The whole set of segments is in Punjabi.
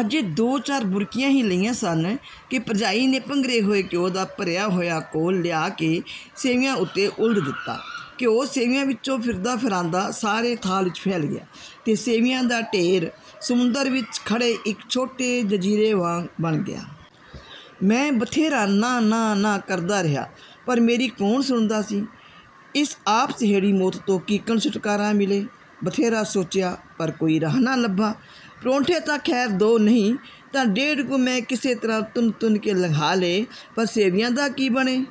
ਅਜੇ ਦੋ ਚਾਰ ਬੁਰਕੀਆਂ ਹੀ ਲਈਆਂ ਸਨ ਕਿ ਭਰਜਾਈ ਨੇ ਪੰਘਰੇ ਹੋਏ ਘਿਉ ਦਾ ਭਰਿਆ ਹੋਇਆ ਕੌਲ ਲਿਆ ਕੇ ਸੇਵੀਆਂ ਉਤੇ ਉਲਦ ਦਿੱਤਾ। ਘਿਉ ਸੇਵੀਆਂ ਵਿਚੋਂ ਫਿਰਦਾ ਫਿਰਾਂਦਾ ਸਾਰੇ ਥਾਲ ਵਿਚ ਫੈਲ ਗਿਆ ਤੇ ਸੇਵੀਆਂ ਦਾ ਢੇਰ, ਸਮੁੰਦਰ ਵਿਚ ਖੜੇ ਇਕ ਛੋਟੇ ਜਜ਼ੀਰੇ ਵਾਂਗ ਬਣ ਗਿਆ। ਮੈਂ ਬਥੇਰਾ 'ਨਾ ਨਾ ਨਾ' ਕਰਦਾ ਰਿਹਾ, ਪਰ ਮੇਰੀ ਕੌਣ ਸੁਣਦਾ ਸੀ। "ਇਸ ਆਪ ਸਹੇੜੀ ਮੌਤ ਤੋਂ ਕੀਕਣ ਛੁਟਕਾਰਾ ਮਿਲੇ", ਬਥੇਰਾ ਸੋਚਿਆ ਪਰ ਕੋਈ ਰਾਹ ਨਾ ਲੱਭਾ। ਪਰੌਂਠੇ ਤਾਂ ਖ਼ੈਰ ਦੋ ਨਹੀਂ, ਤਾਂ ਡੇਢ ਕੁ ਮੈਂ ਕਿਸੇ ਤਰ੍ਹਾਂ ਤੁੰਨ ਤੁੰਨ ਕੇ ਲੰਘਾ ਲਏ, ਪਰ ਸੇਵੀਆਂ ਦਾ ਕੀ ਬਣੇ?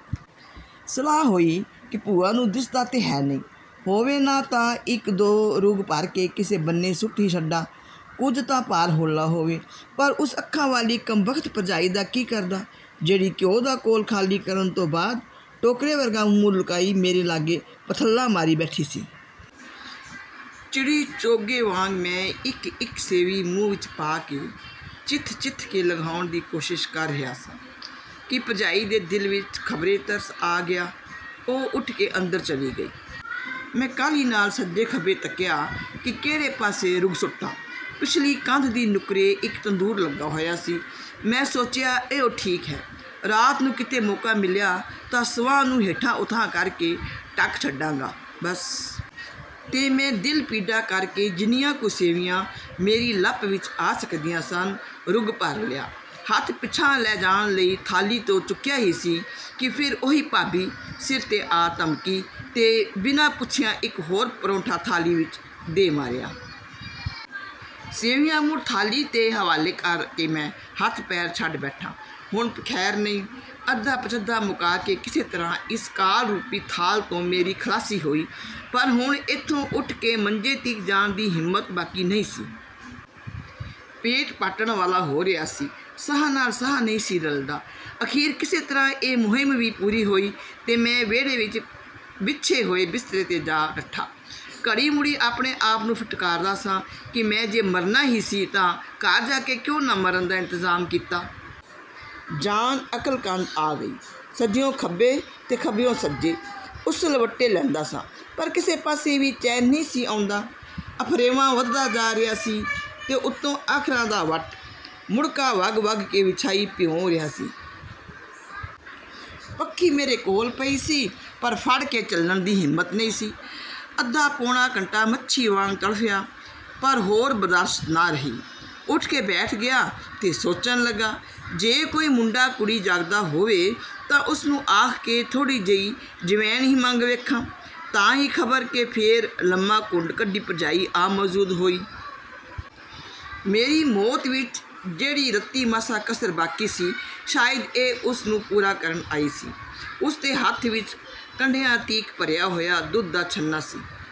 ਸਲਾਹ ਹੋਈ ਕਿ ਭੂਆ ਨੂੰ ਦਿਸਦਾ ਤੇ ਹੈ ਨਹੀਂ, ਹੋਵੇ ਨਾ ਤਾਂ ਇਕ ਦੋ ਰੁਗ ਭਰ ਕੇ ਕਿਸੇ ਬੰਨੇ ਸੁੱਟ ਹੀ ਛੱਡਾਂ, ਕੁਝ ਤਾਂ ਭਾਰ ਹੌਲਾ ਹੋਵੇ, ਪਰ ਉਸ ਅੱਖਾਂ ਵਾਲੀ ਕਮਬਖ਼ਤ ਭਰਜਾਈ ਦਾ ਕੀ ਕਰਦਾ, ਜਿਹੜੀ ਘਿਉ ਦਾ ਕੌਲ ਖਾਲੀ ਕਰਨ ਤੋਂ ਬਾਅਦ ਟੋਕਰੇ ਵਰਗਾ ਮੂੰਹ ਲੁਕਾਈ ਮੇਰੇ ਲਾਗੇ ਪਥੱਲਾ ਮਾਰੀ ਬੈਠੀ ਸੀ। ਚਿੜੀ-ਚੋਗੇ ਵਾਂਗ ਮੈਂ ਇਕ ਇਕ ਸੇਵੀਂ ਮੂੰਹ ਵਿਚ ਪਾ ਕੇ, ਚਿੱਥ ਚਿੱਥ ਕੇ ਲੰਘਾਉਣ ਦੀ ਕੋਸ਼ਿਸ਼ ਕਰ ਰਿਹਾ ਸਾਂ ਕਿ ਭਰਜਾਈ ਦੇ ਦਿਲ ਵਿਚ ਖਬਰੇ ਤਰਸ ਆ ਗਿਆ, ਉਹ ਉਠ ਕੇ ਅੰਦਰ ਚਲੀ ਗਈ। ਮੈਂ ਕਾਹਲੀ ਨਾਲ ਸੱਜੇ ਖੱਬੇ ਤੱਕਿਆ ਕਿ ਕਿਹੜੇ ਪਾਸੇ ਰੁਗ ਸੁੱਟਾਂ। ਪਿਛਲੀ ਕੰਧ ਦੀ ਨੁਕਰੇ ਇਕ ਤੰਦੂਰ ਲੱਗਾ ਹੋਇਆ ਸੀ, ਮੈਂ ਸੋਚਿਆ ਇਹੋ ਠੀਕ ਹੈ। ਰਾਤ ਨੂੰ ਕਿਤੇ ਮੌਕਾ ਮਿਲਿਆ ਤਾਂ ਸੁਆਹ ਨੂੰ ਹੇਠਾਂ ਉਤਾਂਹ ਕਰ ਕੇ ਢਕ ਛੱਡਾਂਗਾ, ਬਸ। ਤੇ ਮੈਂ ਦਿਲ ਪੀਡਾ ਕਰ ਕੇ ਜਿੰਨੀਆਂ ਕੁ ਸੇਵੀਆਂ ਮੇਰੀ ਲੱਪ ਵਿਚ ਆ ਸਕਦੀਆ ਸਨ, ਰੁਗ ਭਰ ਲਿਆ। ਹੱਥ ਪਿਛਾਂਹ ਲੈ ਜਾਣ ਲਈ ਥਾਲੀ ਤੋਂ ਚੁੱਕਿਆ ਹੀ ਸੀ ਕਿ ਫਿਰ ਓਹੀ ਭਾਬੀ ਸਿਰ 'ਤੇ ਆ ਧਮਕੀ ਤੇ ਬਿਨਾਂ ਪੁੱਛਿਆਂ ਇਕ ਹੋਰ ਪਰੌਂਠਾ ਥਾਲੀ ਵਿਚ ਦੇਹ ਮਾਰਿਆ। ਸੇਵੀਆਂ ਮੁੜ ਥਾਲੀ ਦੇ ਹਵਾਲੇ ਕਰ ਕੇ ਮੈਂ ਹੱਥ ਪੈਰ ਛੱਡ ਬੈਠਾ, "ਹੁਣ ਖ਼ੈਰ ਨਹੀਂ। " ਅੱਧਾ-ਪਚੱਧਾ ਮੁਕਾ ਕੇ ਕਿਸੇ ਤਰ੍ਹਾਂ ਇਸ ਕਾਲ ਰੂਪੀ ਥਾਲ ਤੋਂ ਮੇਰੀ ਖਲਾਸੀ ਹੋਈ, ਪਰ ਹੁਣ ਏਥੋਂ ਉਠ ਕੇ ਮੰਜੇ ਤੀਕ ਜਾਣ ਦੀ ਹਿੰਮਤ ਬਾਕੀ ਨਹੀਂ ਸੀ। ਪੇਟ ਪਾਟਣ ਵਾਲਾ ਹੋ ਰਿਹਾ ਸੀ ਸਾਹ ਨਾਲ ਸਾਹ ਨਹੀਂ ਸੀ ਰਲਦਾ। ਅਖੀਰ ਕਿਸੇ ਤਰ੍ਹਾਂ ਇਹ ਮੁਹਿੰਮ ਵੀ ਪੂਰੀ ਹੋਈ ਤੇ ਮੈਂ ਵੇਹੜੇ ਵਿਚ ਵਿਛੇ ਹੋਏ ਬਿਸਤਰੇ ਤੇ ਜਾ ਢੱਠਾ। ਘੜੀ ਮੁੜੀ ਆਪਣੇ ਆਪ ਨੂੰ ਫਿਟਕਾਰਦਾ ਸਾਂ ਕਿ ਮੈਂ ਜੇ ਮਰਨਾ ਹੀ ਸੀ ਤਾਂ ਘਰ ਜਾ ਕੇ ਕਿਉਂ ਨਾ ਮਰਨ ਦਾ ਇੰਤਜ਼ਾਮ ਕੀਤਾ। ਜਾਨ ਅੱਕਲਕਾਂਦ ਆ ਗਈ। ਸੱਜਿਓਂ ਖੱਬੇ ਤੇ ਖੱਬਿਓਂ ਸੱਜੇ ਉਸਲਵੱਟੇ ਲੈਂਦਾ ਸਾਂ, ਪਰ ਕਿਸੇ ਪਾਸੇ ਵੀ ਚੈਨ ਨਹੀਂ ਸੀ ਆਉਂਦਾ। ਅਫਰੇਵਾਂ ਵਧਦਾ ਜਾ ਰਿਹਾ ਸੀ ਤੇ ਉਤੋਂ ਆਖਰਾਂ ਦਾ ਵੱਟ। ਮੁੜ੍ਹਕਾ ਵਗ ਵਗ ਕੇ ਵਿਛਾਈ ਭਿਉਂ ਰਿਹਾ ਸੀ। ਪੱਖੀ ਮੇਰੇ ਕੋਲ ਪਈ ਸੀ ਪਰ ਫੜ ਕੇ ਝੱਲਣ ਦੀ ਹਿੰਮਤ ਨਹੀਂ ਸੀ। ਅੱਧਾ-ਪੌਣਾ ਘੰਟਾ ਮੱਛੀ ਵਾਂਗ ਤੜਫਿਆ, ਪਰ ਹੋਰ ਬਰਦਾਸ਼ਤ ਨਾ ਰਹੀ। ਉਠ ਕੇ ਬੈਠ ਗਿਆ, ਤੇ ਸੋਚਣ ਲੱਗਾ, ਜੇ ਕੋਈ ਮੁੰਡਾ ਕੁੜੀ ਜਾਗਦਾ ਹੋਵੇ ਤਾਂ ਉਸ ਨੂੰ ਆਖ ਕੇ ਥੋੜੀ ਜਿਹੀ ਜਵੈਣ ਹੀ ਮੰਗ ਵੇਖਾਂ, ਤਾਂਹੀ ਖਬਰ ਕਿ ਫੇਰ ਲੰਮਾ ਘੁੰਡ ਕੱਢੀ ਭਰਜਾਈ ਆ ਮੌਜੂਦ ਹੋਈ। ਮੇਰੀ ਮੌਤ ਵਿਚ ਜਿਹੜੀ ਰਤੀ ਮਾਸਾ ਕਸਰ ਬਾਕੀ ਸੀ, ਸ਼ਾਇਦ ਇਹ ਉਸ ਨੂੰ ਪੂਰਾ ਕਰਨ ਆਈ ਸੀ। ਉਸ ਦੇ ਹੱਥ ਵਿਚ ਕੰਢਿਆਂ ਤੀਕ ਭਰਿਆ ਹੋਇਆ ਦੁੱਧ ਦਾ ਛੰਨਾ ਸੀ।